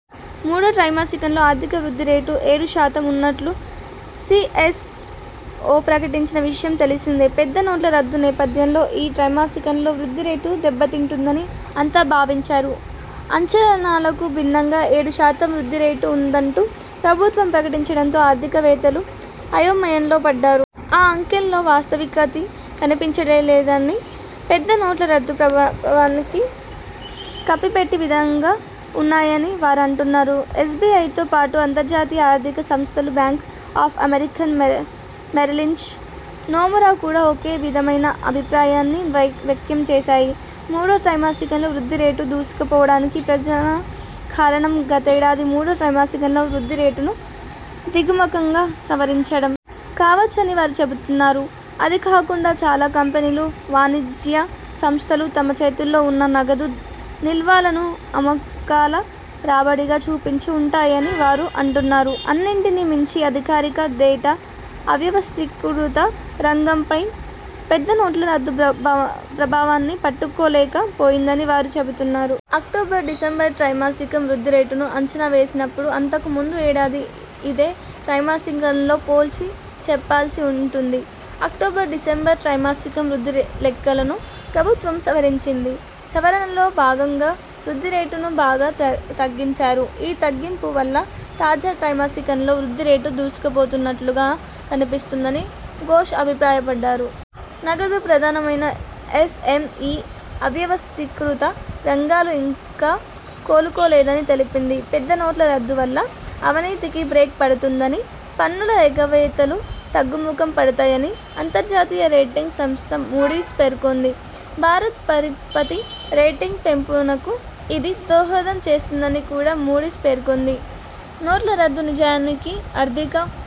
మూడో త్రైమాసికంలో ఆర్థిక వృద్ధి రేటు ఏడు శాతం ఉన్నట్లు సి ఎస్ ఒ ప్రకటించిన విషయం తెలిసిందే. పెద్ద నోట్ల రద్దు నేపథ్యంలో ఈ త్రైమాసికంలో వృద్ధి రేటు దెబ్బతింటుందని అంతా భావించారు. అంచనాలకు భిన్నంగా ఏడు శాతం వృద్ధి రేటు ఉందంటూ ప్రభుత్వం ప్రకటించడంతో ఆర్థికవేత్తలు అయోమయంలో పడ్డారు. ఈ అంకెల్లో వాస్తవికతి కనిపించనేలేదని, పెద్ద నోట్ల రద్దు ప్రభావానికి కప్పిపెట్టే విధంగా ఉన్నాయని వారు అంటున్నారు. ఎస్బిఐతో పాటు అంతర్జాతీయ ఆర్థిక సంస్థలు Bank of America Merrill Lynch, Nomura కూడా ఒకే విధమైన అభిప్రాయాన్ని వ్యక్తం చేశాయి. మూడో త్రైమాసికంలో వృద్ధి రేటు దూసుకుపోవడానికి ప్రధాన కారణం, గతేడాది మూడో త్రైమాసికంలో వృద్ధి రేటును దిగువముఖంగా సవరించడం.. కావచ్చని వారు చెబుతున్నారు. అదీకాకుండా చాలా కంపెనీలు, వాణిజ్య సంస్థలు తమ చేతుల్లో ఉన్న నగదు నిల్వలను అమ్మకాల రాబడిగా చూపించి ఉంటాయని వారు అంటున్నారు. అన్నింటినీ మించి అధికారిక డేటా, అవ్యవస్థీకృత రంగంపై పెద్ద నోట్ల రద్దు ప్రభావాన్ని పట్టుకోలేక పోయిందని వారు చెబుతున్నారు. అక్టోబర్-డిసెంబర్ త్రైమాసికం వృద్ధి రేటును అంచనా వేసినిప్పుడు అంతకు ముందు ఏడాది ఇదే త్రైమాసికంలో పోల్చి చెప్పాల్సి ఉం టుంది. అక్టోబర్-డిసెంబర్ త్రైమాసికం వృద్ధి లెక్కలను ప్రభుత్వం సవరించింది. సవరణలో భాగం గా వృద్ధి రేటును బాగా తగ్గించారు. ఈ తగ్గింపు వల్ల తాజా త్రైమాసికంలో వృద్ధి రేటు దూసుకుపోతునట్లుగా కనిపిస్తోందని ఘోష్ అభిప్రాయపడ్డారు. నగదు ప్రధానమైన ఎస్ ఎం ఇ, అవ్యవస్థీకృత రంగాలు ఇంకా కోలుకోలేదని తెలిపింది. పెద్ద నోట్ల రద్దు వల్ల అవినీతికి బ్రేక్ పడుతుందని, పన్నుల ఎగవేతలు తగ్గుముఖం పడతాయని అంతర్జాతీయ రేటింగ్ సంస్ధ మూడీస్ పేర్కొంది. భారత పరపతి రేటింగ్ పెంపునకు ఇది దోహదం చేస్తుందని కూడా మూడీస్ పేర్కొంది. నోట్ల రద్దు నిజానికి ఆర్థిక